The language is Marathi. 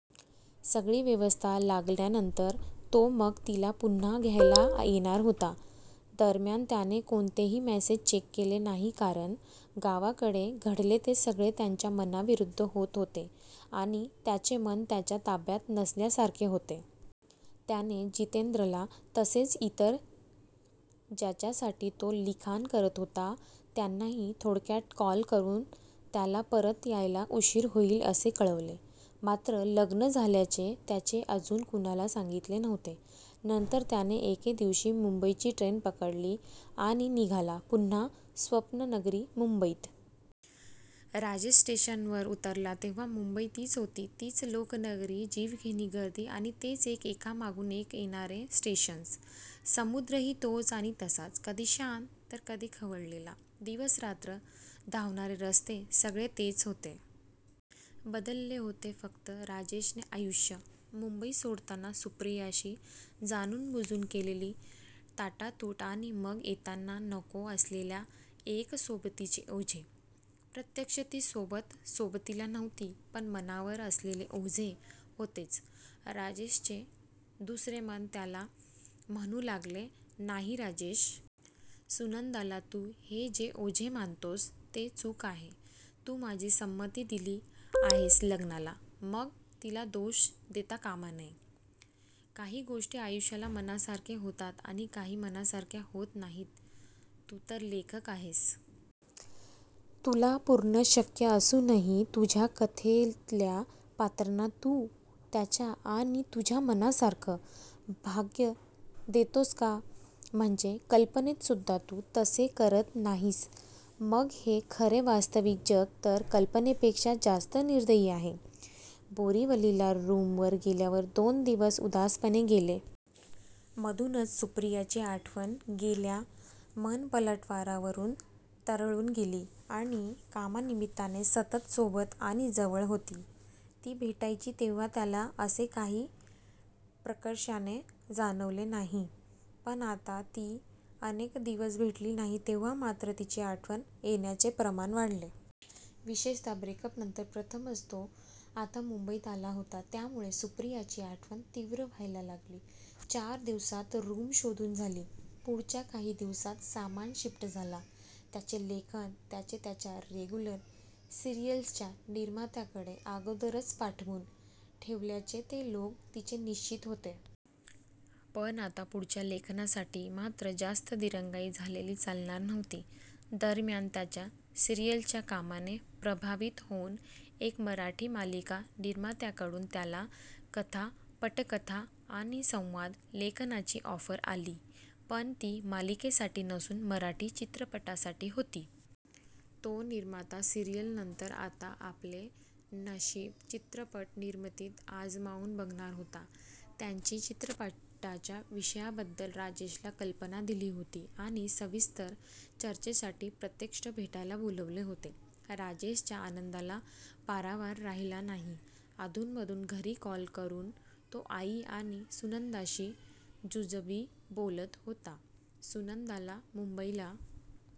सगळी व्यवस्था लावल्यानंतर तो मग तिला पुन्हा घ्यायला येणार होता. दरम्यान त्याने कोणतेही मेसेज चेक केले नाहीत कारण गावाकडे घडले ते सगळे त्याच्या मनाविरुद्ध होत होते आणि त्याचे मन त्याच्या ताब्यात नसल्यासारखे होते. त्याने जितेंद्रला तसेच इतर ज्यांच्यासाठी तो लिखाण करत होता त्यांनाही थोडक्यात कॉल करून त्याला परत यायला उशीर होईल असे कळवले, मात्र लग्न झाल्याचे त्याने अजून कुणाला सांगितले नव्हते. नंतर त्याने एके दिवशी मुंबईची ट्रेन पकडली आणि निघाला पुन्हा स्वप्ननगरी मुंबईत. राजेश स्टेशनवर उतरला तेव्हा मुंबई तीच होती. तीच लोकलची जीवघेणी गर्दी आणि तेच ते एकामागून एक येणारे स्टेशन्स. समुद्रही तोच आणि तसाच. कधी शांत तर कधी खवळलेला. दिवसरात्र धावणारे रस्ते. सगळे तेच होते. बदलले होते फक्त राजेशने आयुष्य. मुंबई सोडतांना सुप्रियाशी जाणूनबुजून केलेली ताटातूट आणि मग येतांना नको असलेल्या एका सोबतीचे ओझे. प्रत्यक्ष ती सोबत सोबतीला नव्हती पण मनावर असलेले ओझे होतेच. राजेशचे दुसरे मन त्याला म्हणू लागले, नाही राजेश. सुनंदाला तू हे जे ओझे मानतोस, ते चूक आहे. तू तुझी संमती दिली आहेस लग्नाला. मग तिला दोष देता कामा नये. काही गोष्टी आयुष्यात मनासारख्या होतात आणि काही मनासारख्या होत नाहीत. तू तर लेखक आहेस. तुला पूर्ण शक्य असूनही तुझ्या कथेतल्या पात्रांना तू त्यांच्या आणि तुझ्या मनासारखं भाग्य देतोस का? म्हणजे कल्पनेत सुद्धा तू तसे करत नाहीस मग हे खरे वास्तविक जग तर कल्पनेपेक्षा जास्त निर्दयी आहे. बोरिवलीला रूमवर गेल्यावर दोन दिवस उदासवाणे गेले. मधूनच सुप्रियाची आठवण त्याच्या मनःपटलावरून तरळून गेली. ती कामानिमित्ताने सतत सोबत आणि जवळ होती. ती भेटायची तेव्हा त्याला असे काही प्रकर्षाने जाणवले नव्हते, पण आता ती अनेक दिवस भेटली नाही तेव्हा मात्र तिची आठवण येण्याचे प्रमाण वाढले. विशेषत: ब्रेकअपनंतर प्रथमच तो आता मुंबईत आला होता त्यामुळे सुप्रियाची आठवण तीव्र व्हायला लागली. चार दिवसांत रूम शोधून झाली. पुढच्या काही दिवसांत सामान शिफ्ट झाला. त्याचे लेखन त्याने त्याच्या रेग्युलर सिरियल्सच्या निर्मात्यांकडे अगोदरच पाठवून ठेवल्याने ते लोक तसे निश्चिंत होते. पण आता पुढच्या लेखनासाठी मात्र जास्त दिरंगाई झालेलीही चालणार नव्हती. दरम्यान त्याच्या सिरियलच्या कामाने प्रभावित होऊन एका मराठी मालिका निर्मात्याकडून त्याला कथा, पटकथा आणि संवाद लेखनाची ऑफर आली पण ती मालिकेसाठी नसून मराठी चित्रपटासाठी होती. तो निर्माता सिरीयलनंतर आता आपले नशीब चित्रपट निर्मितीत आजमावून बघणार होता. त्यांनी चित्रपटाच्या विषयाबद्दल राजेशला कल्पना दिली होती आणि सविस्तर चर्चेसाठी प्रत्यक्ष भेटायला बोलावले होते. राजेशच्या आनंदाला पारावार राहिला नाही. अधूनमधून घरी कॉल करून तो आई आणि सुनंदाशी जुजबी बोलत होता. सुनंदाला मुंबईला